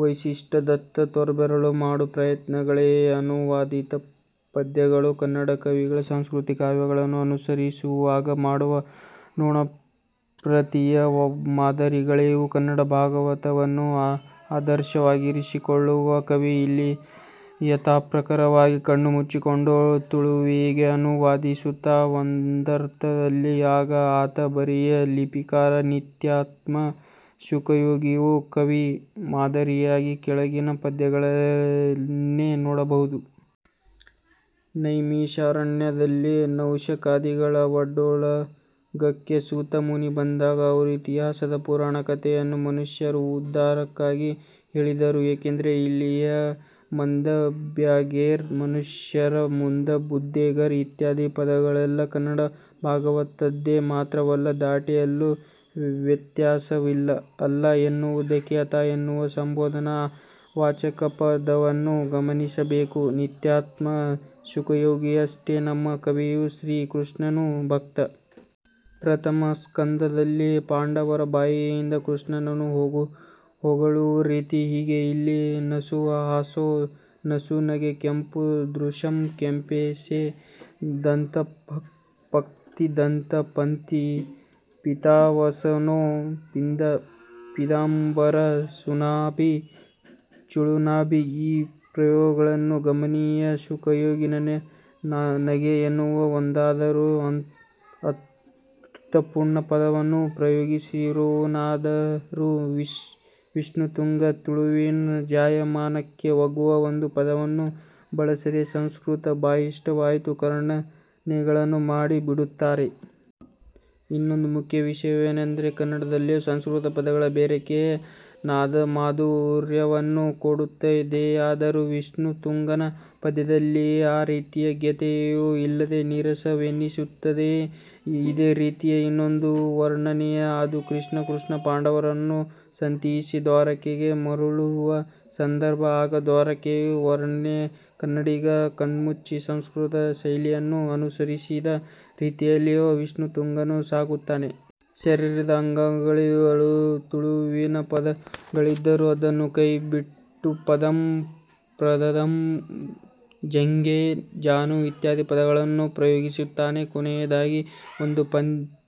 ವೈಶಿಷ್ಟ್ಯದತ್ತ ತೋರ್ಬೆರಳು ಮಾಡು ಪ್ರಯತ್ನಗಳೇ. ಅನುವಾದಿತ ಪದ್ಯಗಳು ಕನ್ನಡ ಕವಿಗಳು ಸಂಸ್ಕೃತ ಕಾವ್ಯಗಳನ್ನು ಅನುಸರಿಸುವಾಗ ಮಾಡುವ 'ನೊಣಪ್ರತಿಯ' ಮಾದಿರಗಳಿವು. ಕನ್ನಡ ಭಾಗವತವನ್ನು ಆದರ್ಶವಾಗಿರಿಸಿಕೊಳ್ಳುವ ಕವಿ ಇಲ್ಲಿ ಯಥಾಪ್ರಕಾರವಾಗಿ ಕಣ್ಣು ಮುಚ್ಚಿಕೊಂಡು ತುಳುವಿಗೆ ಅನುವಾದಿಸುತ್ತಾನೆ. ಒಂದರ್ಥದಲ್ಲಿ ಆಗ ಆತ ಬರಿಯ 'ಲಿಪಿಕಾರ' 'ನಿತ್ಯಾತ್ಮ ಶುಕಯೋಗಿಯೇ' ಕವಿ ಮಾದರಿಗಾಗಿ ಕೆಳಗಿನ ಪದ್ಯಗಳನ್ನೇ ನೋಡಬಹುದು. ನೈಮಿಷಾರಣ್ಯದಲ್ಲಿ ಶೌನಕಾದಿಗಳ ಒಡ್ಡೋಲಗಕ್ಕೆ ಸೂತ ಮುನಿ ಬಂದಾಗ ಅವರು ಇತಿಹಾಸದ ಪುರಾಣ ಕಥೆಯನ್ನು ಮನುಷ್ಯರ ಉದ್ದಾರಕ್ಕಾಗಿ ಹೇಳಿದರು ಏಕೆಂದರೆ ಇಲ್ಲಿಯ 'ಮಂದಭಾಗ್ಯೆರ್' ಮನುಷ್ಯೆರ್ ಮಂದಬುದ್ಧೆರ್ ಇತ್ಯಾದಿ ಪದಗಳೆಲ್ಲ ಕನ್ನಡ ಭಾಗವತದ್ದೇ. ಮಾತ್ರವಲ್ಲ. ಧಾಟಿಯಲ್ಲೂ ವ್ಯತ್ಯಾಸವಿಲ್ಲ. 'ಅಲಾ' ಎನ್ನುವುದಕ್ಕೆ'ಅತಾ ಎನ್ನುವ ಸಂಭೋದನಾ ವಾಚಕಪದವನ್ನು ಗಮನಿಸಬೇಕು. ನಿತ್ಯಾತ್ಮ ಶುಕಯೋಗಿಯಷ್ಟೆ ನಮ್ಮ ಕವಿಯು ಶ್ರೀ ಕೃಷ್ಣನು ಭಕ್ತ. ಪ್ರಥಮ ಸ್ಕಂಧದಲ್ಲಿ ಪಾಂಡವರ ಬಾಯಿಯಿಂದ ಕೃಷ್ಣನನ್ನು ಹೊಗಳುವ ರೀತಿ ಹೀಗೆ: ಇಲ್ಲಿ ನಸುಹಾಸೊ ನಸುನಗೆ, ಕೆಂಪು ದೃಶಂ ಕೆಂಪೆಸೆ, ದಂತಪಂಕ್ತಿ ದಂತ ಪಂಥೀ, ಪೀತಾವಸನೊ ಪೀತಾಂಬರ, ಸುನಾಭಿ ಚುಳಿನಾಭಿ ಈ ಪ್ರಯೋಗಗಳು ಗಮನೀಯ ಶುಕಯೋಗಿ ನಗೆ ಎನ್ನುವ ಒಂದಾದರೂ ಅರ್ಥಪೂರ್ಣ ಪದವನ್ನು ಪ್ರಯೋಗಿಸಿರುವವನಾದರೂ ವಿಷ್ಣು ತುಂಗ ತುಳುವಿನ ಜಾಯಮಾನಕ್ಕೆ ಒಗ್ಗುವ ಒಂದು ಪದವನ್ನೂ ಬಳಸದೆ ಸಂಸ್ಕೃತ ಭೂಯಿಷ್ಠವಾಗಿಯೇ ವರ್ಣನೆಗಳನ್ನು ಮಾಡಿ ಬಿಡುತ್ತಾನೆ. ಇನ್ನೊಂದು ಮುಖ್ಯ ವಿಷಯವೆನೆಂದರೆ ಕನ್ನಡದಲ್ಲೇನೂ ಸಂಸ್ಕೃತ ಪದಗಳ ಬೆರಕೆ ನಾದಮಾಧುರ್ಯವನ್ನು ಕೊಡುತ್ತದೆಯಾದರೂ ವಿಷ್ಣುತುಂಗನ ಪದ್ಯದಲ್ಲಿ ಆ ರೀತಿಯ ಗೇಯತೆಯೂ ಇಲ್ಲದೆ ನೀರಸವೆನಿಸುತ್ತದೆ. ಇದೇ ರೀತಿಯ ಇನ್ನೊಂದು ವರ್ಣನೆ, ಅದು ಶ್ರೀ ಕೃಷ್ಣ ಪಾಂಡವರನ್ನು ಸಂತಿಯಿಸಿ ದ್ವಾರಕೆಗೆ ಮರುಳುವ ಸಂದರ್ಭ. ಆಗ ದ್ವಾರಕೆಯ ವರ್ಣನೆ ಕನ್ನಡಿಗ ಕಣ್ಮುಚ್ಚಿ ಸಂಸ್ಕೃತದ ಶೈಲಿಯನ್ನು ಅನುಸರಿಸಿದ ರೀತಿಯಲ್ಲಿಯೇ ವಿಷ್ಣುತುಂಗನೂ ಸಾಗುತ್ತಾನೆ. ಶರೀರದ ಅಂಗಾಂಗಗಳಿಗೆ ತುಳುವಿನ ಪದಗಳಿದ್ದರೂ ಅದನ್ನು ಕೈಬಿಟ್ಟು ಪದಂ, ಪ್ರಪದಂ, ಜಂಘೆ, ಜಾನು ಇತ್ಯಾದಿ ಪದಗಳನ್ನು ಪ್ರಯೋಗಿಸುತ್ತಾನೆ. ಕೊನೆಯದಾಗಿ ಒಂದು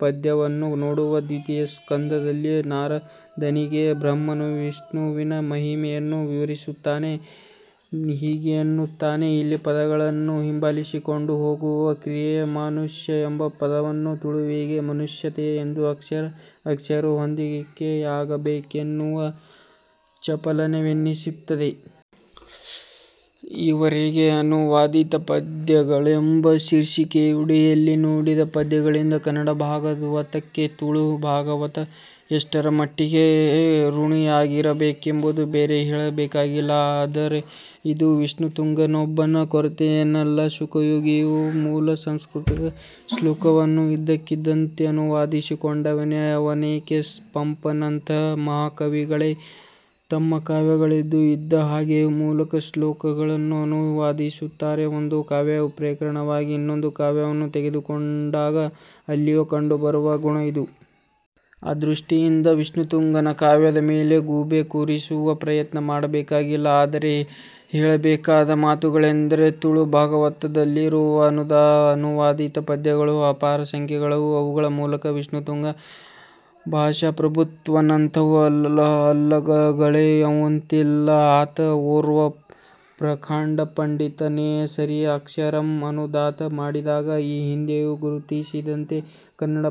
ಪದ್ಯವನ್ನು ನೋಡುವ ದ್ವಿತೀಯ ಸ್ಕಂಧಲ್ಲಿ ನಾರದನಿಗೆ ಬ್ರಹ್ಮನು ವಿಷ್ಣುವಿನ ಮಹಿಮೆಯನ್ನು ವಿವರಿಸುತ್ತಾ ಹೀಗೆನ್ನುತ್ತಾನೆ. ಇಲ್ಲಿ ಪದಗಳನ್ನು ಹಿಂಬಾಲಿಸಿಕೊಂಡು ಹೋಗುವ ಕ್ರಿಯೆ, 'ಮಾನುಷ್ಯ ಎಂಬ ಪದವನ್ನು ತುಳುವಿಗೆ 'ಮನುಷ್ಯತೆ' ಎಂದು, ಅಕ್ಷರ ಅಕ್ಷರವೂ ಹೊಂದಿಕೆಯಾಗಬೇಕೆನ್ನುವ ಚಪಲವೆನಿಸುತ್ತದೆ. ಈವರೆಗೆ ಅನುವಾದಿತ ಪದ್ಯಗಳೆಂಬ ಶೀರ್ಷಿಕೆಯಡಿಯಲ್ಲಿ ನೋಡಿದ ಪದ್ಯಗಳಿಂದ 'ಕನ್ನಡ ಭಾಗವತಕ್ಕೆ' ತುಳು ಭಾಗವತ' ಎಷ್ಟರಮಟ್ಟಿಗೆ ಋಣಿಯಾಗಿರಬೇಕೆಂಬುದನ್ನು ಬೇರೆ ಹೇಳಬೇಕಾಗಿಲ್ಲ. ಆದರೆ ಇದು ವಿಷ್ಣುತುಂಗನೊಬ್ಬನ ಕೊರತೆಯೇನಲ್ಲ. ಶುಕಯೋಗಿಯೂ ಮೂಲಸಂಸ್ಕೃತದ ಶ್ಲೋಕಗಳನ್ನು ಇದ್ದಕ್ಕಿದ್ದಂತೆ ಅನುವಾದಿಸಿಕೊಂಡವನೇ ಅವನೇಕೆ ಪಂಪನಂತಹ ಮಹಾಕವಿಗಳೇ ತಮ್ಮಕಾವ್ಯಗಳಲ್ಲಿ ಇದ್ದ ಹಾಗೆಯೇ ಮೂಲದ ಶ್ಲೋಕಗಳನ್ನು ಅನುವಾದಿಸುತ್ತಾರೆ. ಒಂದು ಕಾವ್ಯಕ್ಕೆ ಪ್ರೇರಣೆಯಾಗಿ ಇನ್ನೊಂದು ಕಾವ್ಯವನ್ನು ತೆಗೆದುಕೊಂಡಾಗ ಅಲ್ಲಿಯೂ ಕಂಡುಬರುವ ಗುಣ ಇದು. ಆ ದೃಷ್ಟಿಯಿಂದ ವಿಷ್ಣುತುಂಗನ ಕಾವ್ಯದ ಮೇಲೆ ಗೂಬೆ ಕೂರಿಸು ಪ್ರಯತ್ನ ಮಾಡಬೇಕಾಗಿಲ್ಲ. ಆದರೆ ಹೇಳಬೇಕಾದ ಮಾತುಗಳೆಂದರೆ ತುಳು ಭಾಗವತದಲ್ಲಿರುವ ಅನುವಾದಿತ ಪದ್ಯಗಳು ಅಪಾರ ಸಂಖ್ಯೆಯವು. ಅವುಗಳ ಮೂಲಕ ವಿಷ್ಣುತುಂಗನ ಭಾಷಾ ಪ್ರಭುತ್ವವನ್ನಂತೂ ಅಲ್ಲಗಳೆಯುವಂತಿಲ್ಲ. ಆತ ಓರ್ವ ಪ್ರಕಾಂಡ ಪಂಡಿತನೇ ಸರಿ. ಅಕ್ಷರಶಃ ಅನುವಾದ ಮಾಡಿದಾಗ ಈ ಹಿಂದೆಯೇ ಗುರುತಿಸಿದಂತೆ, ಕನ್ನಡ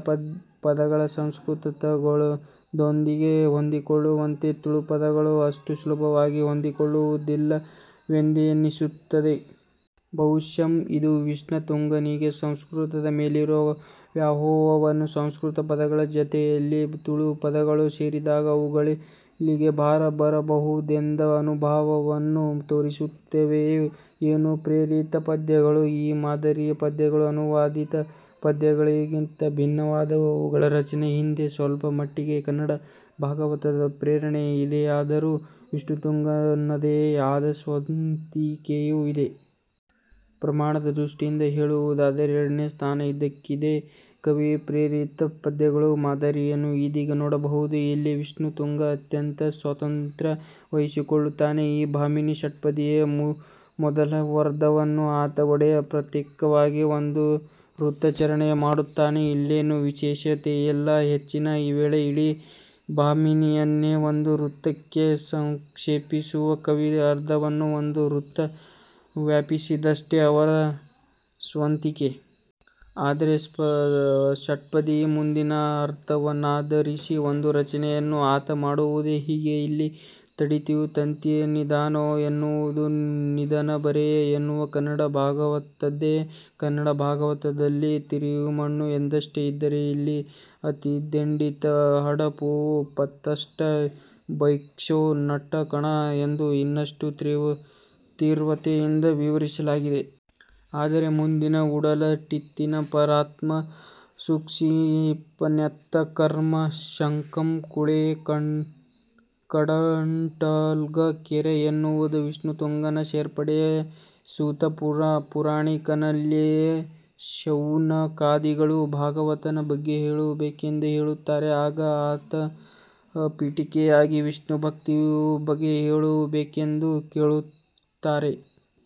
ಪದಗಳು ಸಂಸ್ಕೃತದೊಂದಿಗೆ ಹೊಂದಿಕೊಳ್ಳುವಂತೆ ತುಳು ಪದಗಳು ಅಷ್ಟು ಸುಲಭವಾಗಿ ಹೊಂದಿಕೊಳ್ಳುವುದಿಲ್ಲವೆಂದೆನಿಸುತ್ತದೆ. ಬಹುಶಃ ಇದು ವಿಷ್ಣು ತುಂಗನಿಗೆ ಸಂಸ್ಕೃತದ ಮೇಲಿರುವ ವ್ಯಾಮೋಹವನ್ನು ಸಂಸ್ಕೃತ ಪದಗಳ ಜತೆಯಲ್ಲಿ ತುಳು ಪದಗಳು ಸೇರಿದಾಗ ಅವುಗಳಿಗೆ ಭಾರ ಬರಬಹುದೆಂಬ ಮನೋಭಾವವನ್ನೂ ತೋರಿಸುತ್ತವೆಯೋ ಏನೋ. ಪ್ರೇರಿತ ಪದ್ಯಗಳು: ಈ ಮಾದಿರಿಯ ಪದ್ಯಗಳು ಅನುವಾದಿತ ಪದ್ಯಗಳಿಗಿಂತ ಭಿನ್ನವಾದವು. ಇವುಗಳ ರಚನೆಯ ಹಿಂದೆ ಸ್ವಲ್ಪಮಟ್ಟಿಗೆ ಕನ್ನಡ ಭಾಗವತದ ಪ್ರೇರಣೆ ಇದೆಯಾದರೂ ವಿಷ್ಣುತುಂಗನದೇ ಆದ ಸ್ವಂತಿಕೆಯೂ ಇದೆ. ಪ್ರಮಾಣದ ದೃಷ್ಟಿಯಿಂದ ಹೇಳುವುದಾದರೆ ಎರಡನೆಯ ಸ್ಥಾನ ಇದಕ್ಕಿದೆ. ಕವಿಯ ಪ್ರೇರಿತ ಪದ್ಯಗಳು ಮಾದರಿಯನ್ನು ಇದೀಗ ನೋಡಬಹುದು. ಇಲ್ಲಿ ವಿಷ್ಣುತುಂಗ ಅತ್ಯಂತ ಸ್ವಾತಂತ್ರ್ಯ ವಹಿಸಿಕೊಳ್ಳುತ್ತಾನೆ. ಈ ಭಾಮಿನೀ ಷಟ್ಪದಿಯ ಮೊದಲರ್ಧವನ್ನು ಆತ ಒಡೆದು ಪ್ರತ್ಯೇಕವಾದ ಒಂದು ವೃತ್ತರಚನೆ ಮಾಡುತ್ತಾನೆ. ಇಲ್ಲೇನು ವಿಶೇಷತೆಯಿಲ್ಲ. ಹೆಚ್ಚಿನ ವೇಳೆ ಇಡೀ ಭಾಮಿನಿಯನ್ನೇ ಒಂದು ವೃತ್ತಕ್ಕೆ ಸಂಕ್ಷೇಪಿಸುವ ಕವಿ, ಅರ್ಧವನ್ನು ಒಂದು ವೃತ್ತ ವ್ಯಾಪಿಸಿದಷ್ಟೇ ಅವರ ಸ್ವಂತಿಕೆ. ಆದರೆ ಷಟ್ಪದಿಯ ಮುಂದಿನ ಅರ್ಥವನ್ನಾಧರಿಸಿ ಒಂದು ರಚನೆಯನ್ನು ಆತ ಮಾಡುವುದು ಹೀಗೆ: ಇಲ್ಲಿನ ತಡಿಯ ತಂತಿ ನಿಧಾನೊ ಎನ್ನುವುದ ನಿಧನ ಬರೆ ಎನ್ನುವ ಕನ್ನಡ ಭಾಗವತದ್ದೇ. ಕನ್ನಡ ಭಾಗವತದಲ್ಲಿ ತಿರಿಮಣ್ಣು ಎಂದಷ್ಟೇ ಇದ್ದರೆ ಇಲ್ಲಿ ಅತಿದೆಂಡಿತ್ ಹಡಪೊ ಪತ್ತ್ ಸ್ಟ್ 'ಭೈಕ್ಷೊ ನಟ್ಟ್ ಕಣ' ಎಂದು ಇನ್ನಷ್ಟು ತೀವ್ರತೆಯಿಂದು ವಿವರಿಸಲಾಗಿದೆ. ಆದರೆ ಮುಂದಿನ 'ಉಡಲ್ ಟಿತ್ತಿನ ಪರಾತ್ಮ ಸೂಕ್ಷಿಪನೆತ್ತ್ ಕರ್ಮ ಶತಂಕುಳೇ ಕಡಲ್ಟಂಳ್ಗ್ ಕೆರ್' ಎನ್ನುವುದ ವಿಷ್ಣುತುಂಗನ ಸೇರ್ಪಡೆ. ಸೂತ ಪುರಾಣಿಕನಲ್ಲಿ ಶೌನಕಾದಿಗಳು ಭಾಗವತನ ಬಗ್ಗೆ ಹೇಳಬೇಕೆಂದು ಕೇಳುತ್ತಾರೆ. ಆಗ ಅತ ಪೀಠಿಕೆಯಾಗಿ ವಿಷ್ಣುಭಕ್ತಿಯ ಬಗ್ಗೆ ಹೇಳಬೇಕೆಂದು ಕೇಳುತ್ತಾರೆ.